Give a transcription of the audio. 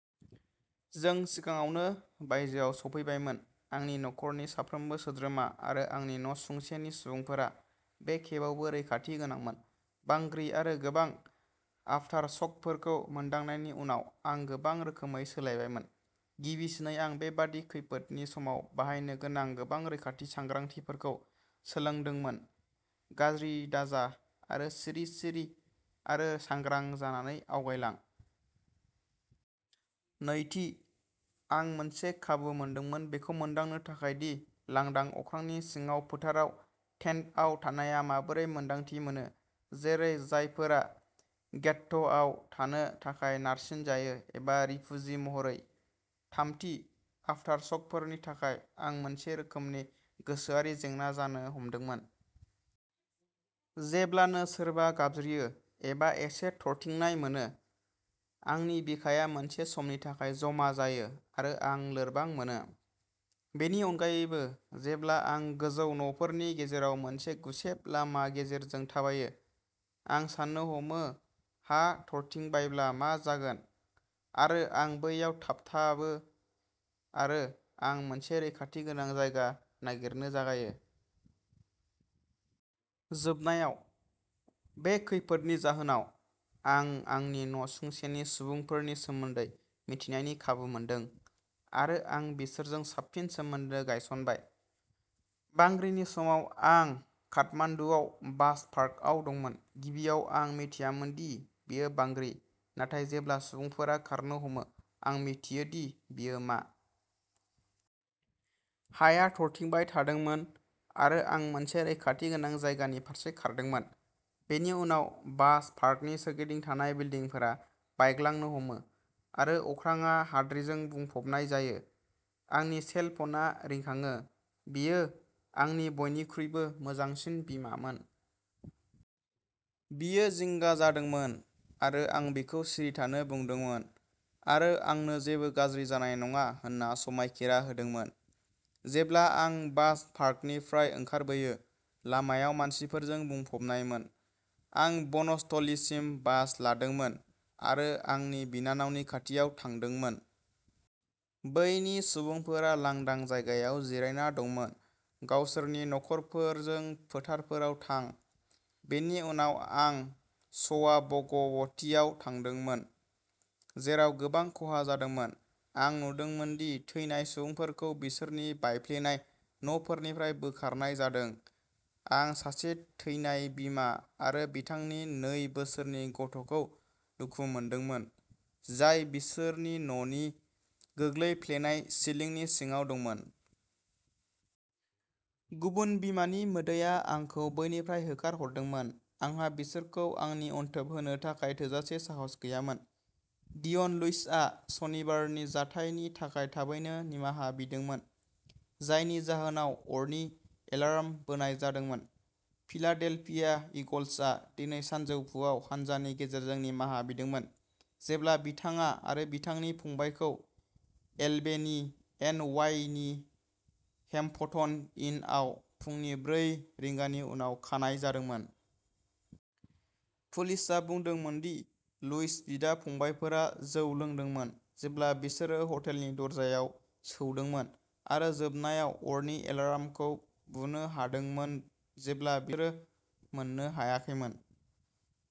जों सिगाङावनो बायजोआव सफैबायमोन। आंनि नखरनि साफ्रोमबो सोद्रोमा आरो आंनि नसुंसेनि सुबुंफोरा बे खेबावबो रैखाथि गोनांमोन। बांग्रि आरो गोबां आफटारशकफोरखौ मोनदांनायनि उनाव, आं गोबां रोखोमै सोलायबायमोन। गिबिसिनै आं बेबादि खैफोदनि समाव बाहायनो गोनां गोबां रैखाथि सांग्रांथिफोरखौ सोलोंदोंमोन गाज्रि दाजा आरो सिरि-सिरि आरो सांग्रां जानानै आवगायलां। नैथि, आं मोनसे खाबु मोनदोंमोन बेखौ मोनदांनो थाखाय दि लांदां अख्रांनि सिङाव फोथाराव टेन्टआव थानाया माबोरै मोन्दांथि मोनो, जेरै जायफोरा घेट्ट'आव थानो थाखाय नारसिन जायो एबा रिफुजि महरै। थामथि, आफटारसकफोरनि थाखाय, आं मोनसे रोखोमनि गोसोआरि जेंना जानो हमदोंमोन। जेब्लानो सोरबा गाबज्रियो एबा एसे थरथिंनाय मोनो, आंनि बिखाया मोनसे समनि थाखाय जमा जायो आरो आं लोरबां मोनो। बेनि अनगायैबो, जेब्ला आं गोजौ न'फोरनि गेजेराव मोनसे गुसेब लामा गेजेरजों थाबायो, आं साननो हमो हा थरथिंबायब्ला मा जागोन आरो आं बैयाव थाबथाबो आरो आं मोनसे रैखाथि गोनां जायगा नागिरनो जागायो। जोबनायाव, बे खैफोदनि जाहोनाव, आं आंनि नसुंसेनि सुबुंफोरनि सोमोन्दै मिथिनायनि खाबु मोनदों, आरो आं बिसोरजों साबसिन सोमोन्दो गायसनबाय। बांग्रिनि समाव आं काठमान्डूआव बास पार्कआव दंमोन। गिबियाव आं मिथियामोन दि बेयो बांग्रि, नाथाय जेब्ला सुबुंफोरा खारनो हमो, आं मिथियो दि बियो मा। हाया थरथिंबाय थादोंमोन आरो आं मोनसे रैखाथि गोनां जायगानि फारसे खारदोंमोन। बेनि उनाव बास पार्कनि सोरगिदिं थानाय बिल्दिंफोरा बायग्लांनो हमो आरो अख्राङा हाद्रिजों बुंफबनाय जायो। आंनि सेल फनआ रिंखाङो। बियो आंनि बयनिख्रुइबो मोजांसिन बिमामोन। बियो जिंगा जादोंमोन आरो आं बिखौ सिरि थानो बुंदोंमोन आरो आंनो जेबो गाज्रि जानाय नङा होनना समायखिरा होदोंमोन। जेब्ला आं बास पार्कनिफ्राय ओंखारबोयो, लामायाव मानसिफोरजों बुंफबनायमोन। आं बनस्थलीसिम बास लादोंमोन आरो आंनि बिनानावनि खाथियाव थांदोंमोन। बैनि सुबुंफोरा लांदां जायगायाव जिरायना दंमोन। गावसोरनि नखरफोरजों फोथारफोराव थां। बेनि उनाव, आं श'वा भगवतीआव थांदोंमोन, जेराव गोबां खहा जादोंमोन। आं नुदोंमोन दि थैनाय सुबुंफोरखौ बिसोरनि बायफ्लेनाय न'फोरनिफ्राय बोखारनाय जादों। आं सासे थैनाय बिमा आरो बिथांनि नै बोसोरनि गथ'खौ दुखु मोनदोंमोन, जाय बिसोरनि न'नि गोग्लैफ्लेनाय सिलिंनि सिङाव दंमोन। गुबुन बिमानि मोदैआ आंखौ बैनिफ्राय होखारहरदोंमोन। आंहा बिसोरखौ आंनि अनथोब होनो थाखाय थोजासे साहस गैयामोन। डिय'न लुइसआ सनिबारनि जाथायनि थाखाय थाबैनो निमाहा बिदोंमोन, जायनि जाहोनाव अरनि एलाराम बोनाय जादोंमोन। फिलाडेल्फिया ईगल्सआ दिनै सानजौफुआव हानजानि गेजेरजों निमाहा बिदोंमोन, जेब्ला बिथाङा आरो बिथांनि फंबायखौ एलबेनी, एन वाइ नि हेमप'टन इनआव फुंनि ब्रै रिंगानि उनाव खानाय जादोंमोन। पुलिसआ बुंदोंमोन दि लुइस बिदा-फंबायफोरा जौ लोंदोंमोन जेब्ला बिसोरो हटेलनि दरजायाव सौदोंमोन आरो जोबनायाव अरनि एलारामखौ बुनो हादोंमोन जेब्ला बिसोरो मोननो हायाखैमोन।